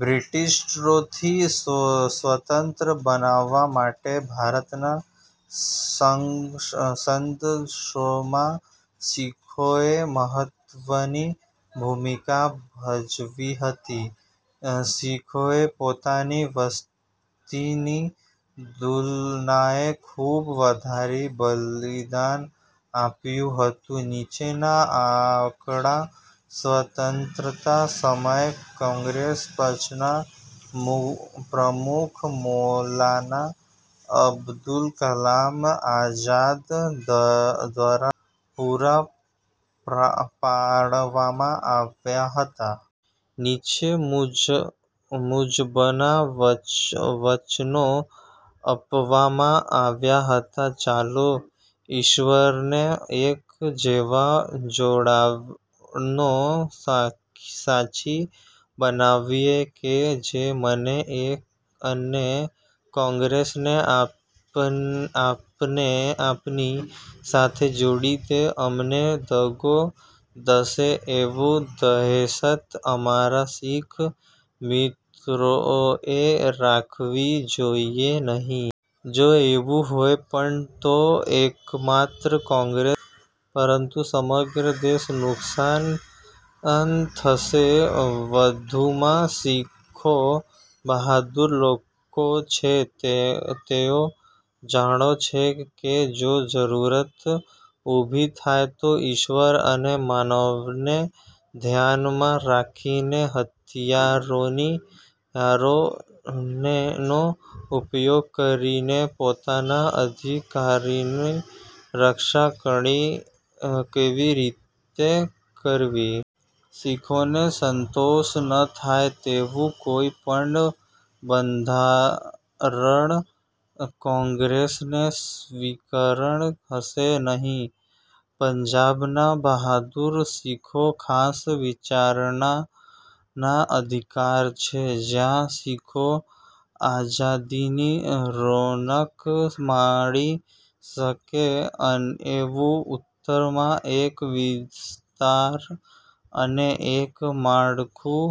બ્રિટીશરોથી સ્વતંત્ર બનવા માટે ભારતના સંઘર્ષમાં શીખોએ મહત્વની ભૂમિકા ભજવી હતી. શીખોએ પોતાની વસ્તીની તુલનાએ ખૂબ વધારે બલિદાન આપ્યું હતું. નીચેના આંકડા સ્વતંત્રતા સમયે કોંગ્રેસ પક્ષના પ્રમુખ મૌલાના અબુલ કલામ આઝાદ દ્વારા પૂરા પાડવામાં આવ્યા હતા. નીચે મુજબના વચનો આપવામાં આવ્યા હતાઃ "ચાલો, ઈશ્વરને એક એવા જોડાણનો સાક્ષી બનાવીએ કે જે મને અને કોંગ્રેસને આપની સાથે જોડી દે. અમને દગો થશે એવી દહેશત અમારા શીખ મિત્રોએ રાખવી જોઈએ નહી. જો એવું હોય પણ, તો એકમાત્ર કોંગ્રેસ જ નહી, પરંતુ સમગ્ર દેશનું નુકશાન થશે. વધુમાં, શીખો બહાદુર લોકો છે. તેઓ જાણે છે કે જો જરૂરત ઉભી થાય તો ઇશ્વર અને માનવને ધ્યાનમાં રાખીને હથિયારોનો ઉપયોગ કરીને પોતાના અધિકારોની રક્ષા કેવી રીતે કરવી. " "શીખોને સંતોષ ન થાય તેવું કોઈ પણ બંધારણ કોંગ્રેસને સ્વીકાર્ય હશે નહીં" "પંજાબના બહાદુર શીખો ખાસ વિચારણાના અધિકારી છે. જ્યાં શીખો આઝાદીની રોનક માણી શકે એવો ઉત્તરમાં એક વિસ્તાર અને એક માળખું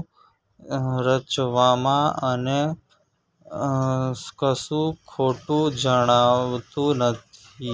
રચવામાં મને કશું ખોટું જણાતું નથી.